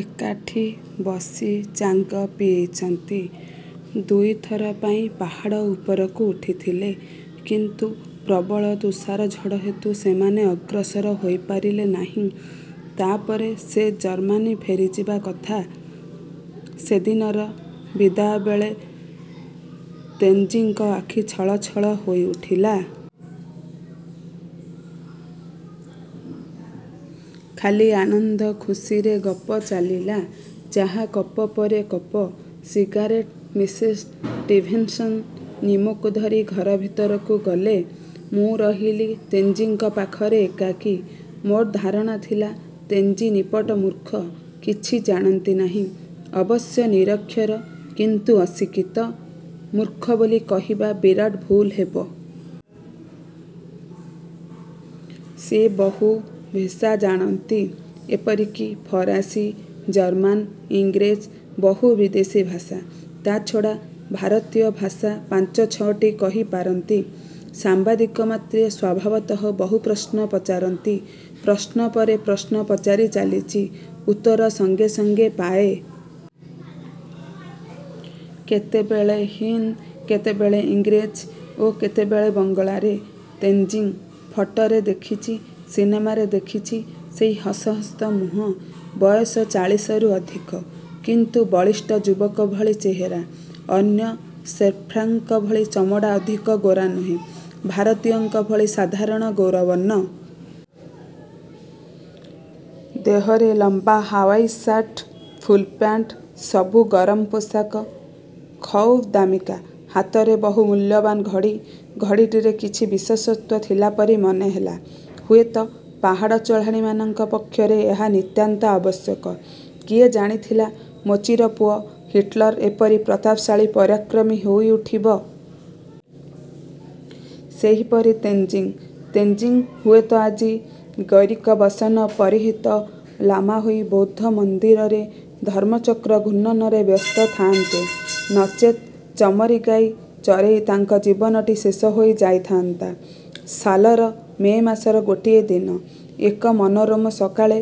ଏକାଠି ବସି ଚାଙ୍ଗ ପିଇଚନ୍ତି। ଦୁଇ ଥର ପାଇଁ ପାହାଡ଼ ଉପରକୁ ଉଠିଥିଲେ କିନ୍ତୁ ପ୍ରବଳ ତୁଷାର ଝଡ଼ ହେତୁ ସେମାନେ ଅଗ୍ରସର ହୋଇ ପାରିଲେ ନାହିଁ। ତା ପରେ ସେ ଜର୍ମାନୀ ଫେରିଯିବା କଥା; ସେ ଦିନର ବିଦାୟ ବେଳେ ତେନଜିଂଙ୍କ ଆଖି ଛଳ ଛଳ ହୋଇ ଉଠିଥିଲା। ଖାଲି ଆନନ୍ଦ ଖୁସିରେ ଗପ ଚାଲିଲା। ଚାହା କପ ପରେ କପ। ସିଗାରେଟ୍। ମିସେସ୍ ଷ୍ଟିଭେନ୍ସନ୍ ନିମୋକୁ ଧରି ଘର ଭିତରକୁ ଗଲେ। ମୁଁ ରହିଲି ତେନଜିଂଙ୍କ ପାଖରେ ଏକାକୀ! ମୋର ଧାରଣା ଥିଲା ତେନଜିଂ ନିପଟ ମୂର୍ଖ। କିଛି ଜାଣନ୍ତି ନାହିଁ। ଅବଶ୍ୟ ନିରକ୍ଷର କିନ୍ତୁ ଅଶିକ୍ଷିତ, ମୂର୍ଖ ବୋଲି କହିବା ବିରାଟ ଭୁଲ ହେବ। ସେ ବହୁ ଭେଷା ଜାଣନ୍ତି। ଏପରିକି ଫରାସୀ, ଜର୍ମାନ, ଇଂରେଜ ବହୁ ବିଦେଶୀ ଭାଷା। ତା'ଛଡ଼ା ଭାରତୀୟ ଭାଷା ପାଞ୍ଚ ଛଅଟି କହି ପାରନ୍ତି। ସାମ୍ୱାଦିକ ମାତ୍ରେ ସ୍ୱଭାବତଃ ବହୁ ପ୍ରଶ୍ନ ପଚାରନ୍ତି। ପ୍ରଶ୍ନ ପରେ ପ୍ରଶ୍ନ ପଚାରି ଚାଲିଚି। ଉତ୍ତର ସଙ୍ଗେ ସଙ୍ଗେ ପାଏ। କେତେବେଳେ ହିନ୍ଦ, କେତେବେଳେ ଇଂରେଜୀ ଓ କେତେବେଳେ ବଙ୍ଗଳାରେ। ତେନଜିଂ! ଫଟୋରେ ଦେଖିଚି, ସିନେମାରେ ଦେଖିଚି। ସେଇ ହସ ହସ ମୁହଁ। ବୟସ ଚାଳିଶରୁ ଅଧିକ। କିନ୍ତୁ ବଳିଷ୍ଠ ଯୁବକ ଭଳି ଚେହେରା। ଅନ୍ୟ ସେର୍ପାଙ୍କ ଭଳି ଚମଡ଼ା ଅଧିକ ଗୋରା ନୁହେଁ। ଭାରତୀୟଙ୍କ ଭଳି ସାଧାରଣ ଗୌରବର୍ଣ୍ଣ। ଦେହରେ ଲମ୍ୱା ହାଓ୍ୱାଇ ସାର୍ଟ-। ଫୁଲପ୍ୟାଣ୍ଟ। ସବୁ ଗରମ ପୋଷାକ। ଖଉବ୍ ଦାମିକା। ହାତରେ ବହୁ ମୂଲ୍ୟବାନ ଘଡ଼ି-। ଘଡ଼ିଟିରେ କିଛି ବିଶେଷତ୍ୱ ଥିଲାପରି ମନେ ହେଲା। ହୁଏତ ପାହାଡ଼ ଚଢ଼ାଳୀମାନଙ୍କ ପକ୍ଷରେ ଏହା ନିତାନ୍ତ ଆବଶ୍ୟକ। କିଏ ଜାଣିଥିଲା ମୋଚିର ପୁଅ ହିଟଲର ଏପରି ପ୍ରତାପଶାଳୀ ପରାକ୍ରମୀ ହୋଇ ଉଠିବ-? ସେହିପରି ତେନଜିଂ! ତେନଜିଂ ହୁଏତ ଆଜି ଗୈରିକବସନ ପରିହିତ ଲାମା ହୋଇ ବୌଦ୍ଧ ମନ୍ଦିରରେ ଧର୍ମଚକ୍ର ଘୂର୍ଣ୍ଣନରେ ବ୍ୟସ୍ତ ଥାଆନ୍ତେ ନଚେତ୍ ଚମରୀ ଗାଈ ଚରେଇ ତାଙ୍କ ଜୀବନଟି ଶେଷ ହୋଇ ଯାଇଥାଆନ୍ତା। ସାଲର ମେ ମାସର ଗୋଟିଏ ଦିନ। ଏକ ମନୋରମ ସକାଳେ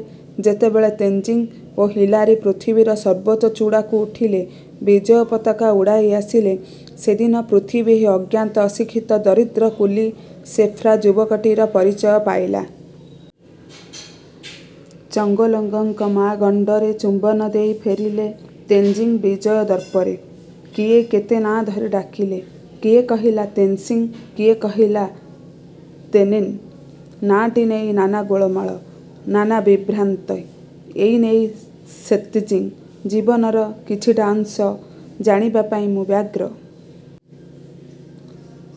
ଯେତେବେଳେ ତେନଜିଂ ଓ ହିଲାରୀ ପୃଥିବୀର ସର୍ବୋଚ୍ଚ ଚୂଡ଼ାକୁ ଉଠିଲେ, ବିଜୟ ପତାକା ଉଡ଼ାଇ ଆସିଲେ, ସେଦିନ ପୃଥିବୀ ଏହି ଅଜ୍ଞାତ ଅଶିକ୍ଷିତ ଦରିଦ୍ର କୁଲି ସେର୍ପା ଯୁବକଟିର ପରିଚୟ ପାଇଲା। ଚଙ୍ଗୋଲଙ୍ଗମା ଗଣ୍ଡରେ ଚୁମ୍ୱନ ଦେଇ ଫେରିଲେ ତେନଜିଂ ବିଜୟ ଦର୍ପରେ। କିଏ କେତେ ନାଁ ଧରି ଡ଼ାକିଲେ; କିଏ କହିଲା ତେନସିଂ କିଏ କହିଲା ତେନ୍ଜିନ୍। ନାଁଟି ନେଇ ନାନା ଗୋଳମାଳ। ନାନା ବିଭ୍ରାନ୍ତି। ଏଇ ସେଇ ସେତଜିଂ। ଜୀବନର କିଛିଟା ଅଂଶ ଜାଣିବା ପାଇଁ ମୁଁ ବ୍ୟଗ୍ର।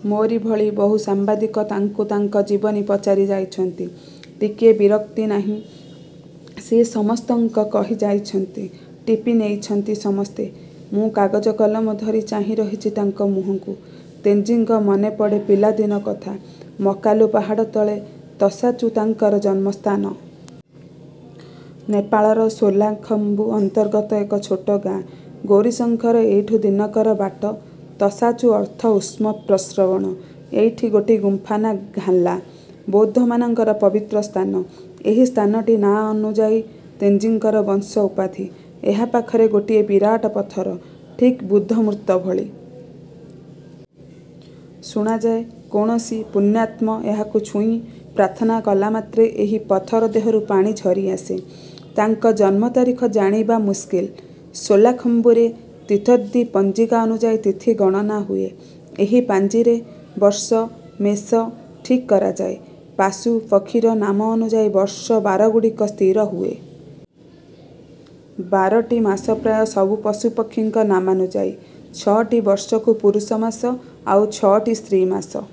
ମୋରି ଭଳି ବହୁ ସାମ୍ୱାଦିକ ତାଙ୍କୁ ତାଙ୍କ ଜୀବନୀ ପଚାରି ଯାଇଚନ୍ତି। ଟିକିଏ ବିରକ୍ତ ନାହିଁ। ସେ ସମସ୍ତଙ୍କ କହି ଯାଇଛନ୍ତି, ଟିପି ନେଇଛନ୍ତି ସମସ୍ତେ। ମୁଁ କାଗଜ କଲମ ଧରି ଚାହିଁ ରହିଚି ତାଙ୍କ ମୁହଁକୁ। ତେନଜିଂଙ୍କ ମନେପଡେ ପିଲାଦିନ କଥା। ମକାଲୁ ପାହାଡ଼ ତଳେ ତସା-ଚୁ ତାଙ୍କର ଜନ୍ମସ୍ଥାନ। ନେପାଳର ଶୋଲାଖମ୍ବୁ ଅନ୍ତର୍ଗତ ଏକ ଛୋଟ ଗାଁ। ଗୌରୀଶଙ୍କର ଏଇଠୁ ଦିନକର ବାଟ। ତସା–ଚୁ ଅର୍ଥ–ଉଷ୍ଣ ପ୍ରସ୍ରବଣ। ଏଇଠି ଗୋଟି ଗୁମ୍ପା ନାଁ ଘାଂ-ଲା। ବୌଦ୍ଧ ମାନଙ୍କର ପବିତ୍ର ସ୍ଥାନ। ଏହି ସ୍ଥାନଟି ନାଁ ଅନୁଯାୟୀ ତେନଜିଂଙ୍କର ବଂଶ ଉପାଧି। ଏହା ପାଖରେ ଗୋଟିଏ ବିରାଟ ପଥର–ଠିକ୍ ବୁଦ୍ଧ ମୂର୍ତ୍ତି ଭଳି। ଶୁଣାଯାଏ, କୌଣସି ପୁଣ୍ୟାତ୍ମ ଏହାକୁ ଛୁଇଁ ପ୍ରାର୍ଥନା କଲାମାତ୍ରେ ଏହି ପଥର ଦେହରୁ ପାଣି ଝରିଆସେ। ତାଙ୍କ ଜନ୍ମ ତାରିଖ ଜାଣିବା ମୁସ୍କିଲ। ଶୋଲାଖମ୍ୱୁରେ ତିବ୍ଦତୀ ପଞ୍ଜିକା ଅନୁଯାୟୀ ତିଥି ଗଣନା ହୁଏ। ଏହି ପାଞ୍ଜିରେ ବର୍ଷ ମେସ ଠିକ୍ କରାଯାଏ। ପାଶୁ ପକ୍ଷୀର ନାମ ଅନୁଯାୟୀ ବର୍ଷ ବାର ଗୁଡ଼ିକ ସ୍ଥିର ହୁଏ। ବାରଟି ମାସପ୍ରାୟ ସବୁ ପଶୁ ପକ୍ଷୀଙ୍କ ନାମାନୁଯାୟୀ। ଛଅଟି ବର୍ଷକୁ ପୁରୁଷ ମାସ–ଆଉ ଛଅଟି ସ୍ତ୍ରୀ ମାସ।